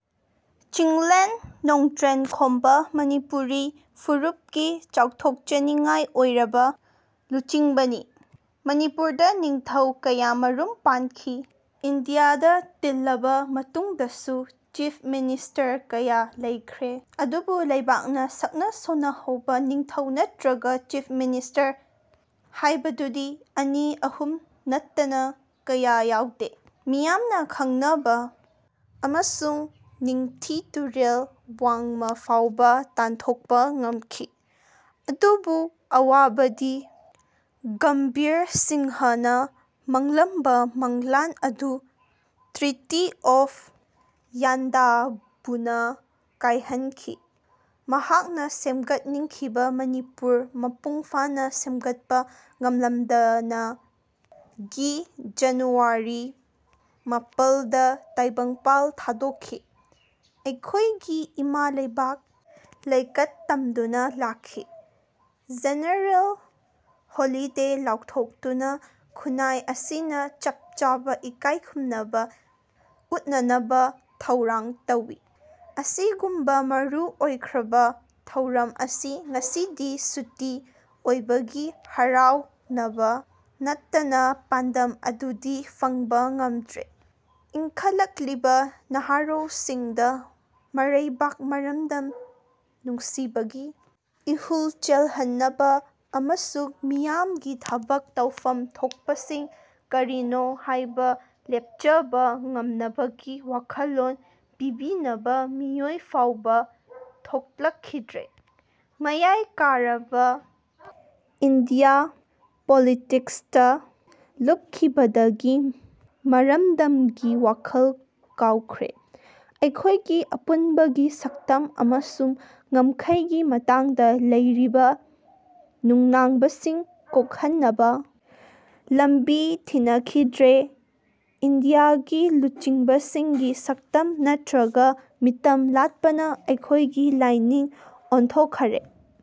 ꯆꯤꯡꯂꯦꯟ ꯅꯣꯡꯗ꯭ꯔꯦꯟꯈꯣꯝꯕ ꯃꯅꯤꯄꯨꯔꯤ ꯐꯨꯔꯨꯞꯀꯤ ꯆꯥꯎꯊꯣꯛꯆꯅꯤꯉꯥꯏ ꯑꯣꯏꯔꯕ ꯂꯨꯆꯤꯡꯕꯅꯤ ꯃꯅꯤꯄꯨꯔꯗ ꯅꯤꯡꯊꯧ ꯀꯌꯥꯃꯔꯨꯝ ꯄꯥꯟꯈꯤ꯫ ꯏꯟꯗꯤꯌꯥꯗ ꯇꯤꯜꯂꯕ ꯃꯇꯨꯡꯗꯁꯨ ꯆꯤꯐ ꯃꯤꯅꯤꯁꯇꯔ ꯀꯌꯥ ꯂꯩꯈ꯭ꯔꯦ꯫ ꯑꯗꯨꯕꯨ ꯂꯩꯕꯥꯛꯅ ꯁꯛꯅ-ꯁꯣꯟꯅꯍꯧꯕ ꯅꯤꯡꯊꯧ ꯅꯠꯇ꯭ꯔꯒ ꯆꯤꯐ ꯃꯤꯅꯤꯁꯇꯔ ꯍꯥꯏꯕꯗꯨꯗꯤ ꯑꯅꯤ ꯑꯍꯨꯝ ꯅꯠꯇꯅ ꯀꯌꯥ ꯌꯥꯎꯗꯦ꯫ ꯃꯤꯌꯥꯝꯅ ꯈꯪꯅꯕ ꯑꯃꯁꯨꯡ ꯅꯤꯡꯊꯤ ꯇꯨꯔꯦꯜ ꯋꯥꯡꯃ ꯐꯥꯎꯕ ꯇꯥꯟꯊꯣꯛꯄ ꯉꯝꯈꯤ꯫ ꯑꯗꯨꯕꯨ ꯑꯋꯥꯕꯗꯤ ꯒꯝꯚꯤꯔ ꯁꯤꯡꯍꯅ ꯃꯪꯂꯝꯕ ꯃꯪꯂꯥꯟ ꯑꯗꯨ ꯇ꯭ꯔꯤꯇꯤ ꯑꯣꯐ ꯌꯥꯟꯗꯥꯕꯨꯅ ꯀꯥꯏꯍꯟꯈꯤ꯫ ꯃꯍꯥꯛꯅ ꯁꯦꯝꯒꯠꯅꯤꯡꯈꯤꯕ ꯃꯅꯤꯄꯨꯔ ꯃꯄꯨꯡ ꯐꯥꯅ ꯁꯦꯝꯒꯠꯄ ꯉꯝꯂꯝꯗꯅ ꯒꯤ ꯖꯥꯅꯨꯋꯥꯔꯤ ꯃꯄꯜꯗ ꯇꯥꯏꯕꯪꯄꯥꯜ ꯊꯥꯗꯣꯛꯈꯤ꯫ ꯑꯩꯈꯣꯏꯒꯤ ꯏꯃꯥ ꯂꯩꯕꯥꯛ ꯂꯩꯀꯠ ꯇꯝꯗꯨꯅ ꯂꯥꯛꯏ꯫ ꯖꯦꯅꯔꯦꯜ ꯍꯣꯂꯤꯗꯦ ꯂꯥꯎꯊꯣꯛꯇꯨꯅ ꯈꯨꯟꯅꯥꯏ ꯑꯁꯤꯅ ꯆꯞ ꯆꯥꯕ ꯏꯀꯥꯏ ꯈꯨꯝꯅꯕ ꯎꯠꯅꯅꯕ ꯊꯧꯔꯥꯡ ꯇꯧꯏ꯫ ꯑꯁꯤꯒꯨꯝꯕ ꯃꯔꯨꯑꯣꯏꯈ꯭ꯔꯕ ꯊꯧꯔꯝ ꯑꯁꯤ ꯉꯁꯤꯗꯤ ꯁꯨꯇꯤ ꯑꯣꯏꯕꯒꯤ ꯍꯔꯥꯎꯅꯕ ꯅꯠꯇꯅ ꯄꯥꯟꯗꯝ ꯑꯗꯨꯗꯤ ꯐꯪꯕ ꯉꯝꯗ꯭ꯔꯦ꯫ ꯏꯟꯈꯠꯂꯛꯂꯤꯕ ꯅꯍꯥꯔꯣꯜꯁꯤꯡꯗ ꯃꯔꯩꯕꯥꯛ ꯃꯔꯝꯗꯝ ꯅꯨꯡꯁꯤꯕꯒꯤ ꯏꯍꯨꯜ ꯆꯦꯜꯍꯟꯅꯕ ꯑꯃꯁꯨꯡ ꯃꯤꯌꯥꯝꯒꯤ ꯊꯕꯛ ꯇꯧꯐꯝ ꯊꯣꯛꯄꯁꯤꯡ ꯀꯔꯤꯅꯣ ꯍꯥꯏꯕ ꯂꯦꯞꯆꯕ ꯉꯝꯅꯕꯒꯤ ꯋꯥꯈꯜꯂꯣꯟ ꯄꯤꯕꯤꯅꯕ ꯃꯤꯑꯣꯏ ꯐꯥꯎꯕ ꯊꯣꯛꯂꯛꯈꯤꯗ꯭ꯔꯦ꯫ ꯃꯌꯥꯏ ꯀꯥꯔꯕ ꯏꯟꯗꯤꯌꯥ ꯄꯣꯂꯤꯇꯤꯛꯁꯇ ꯂꯨꯞꯈꯤꯕꯗꯒꯤ ꯃꯔꯝꯗꯝꯒꯤ ꯋꯥꯈꯜ ꯀꯥꯎꯈ꯭ꯔꯦ꯫ ꯑꯩꯈꯣꯏꯒꯤ ꯑꯄꯨꯟꯕꯒꯤ ꯁꯛꯇꯝ ꯑꯃꯁꯨꯡ ꯉꯝꯈꯩꯒꯤ ꯃꯇꯥꯡꯗ ꯂꯩꯔꯤꯕ ꯅꯨꯡꯅꯥꯡꯕꯁꯤꯡ ꯀꯣꯛꯍꯟꯅꯕ ꯂꯝꯕꯤ ꯊꯤꯅꯈꯤꯗ꯭ꯔꯦ꯫ ꯏꯟꯗꯤꯌꯥꯒꯤ ꯂꯨꯆꯤꯡꯕꯁꯤꯡꯒꯤ ꯁꯛꯇꯝ ꯅꯠꯇ꯭ꯔꯒ ꯃꯤꯇꯝ ꯂꯥꯠꯄꯅ ꯑꯩꯈꯣꯏꯒꯤ ꯂꯥꯏꯅꯤꯡ ꯑꯣꯟꯊꯣꯛꯈꯔꯦ꯫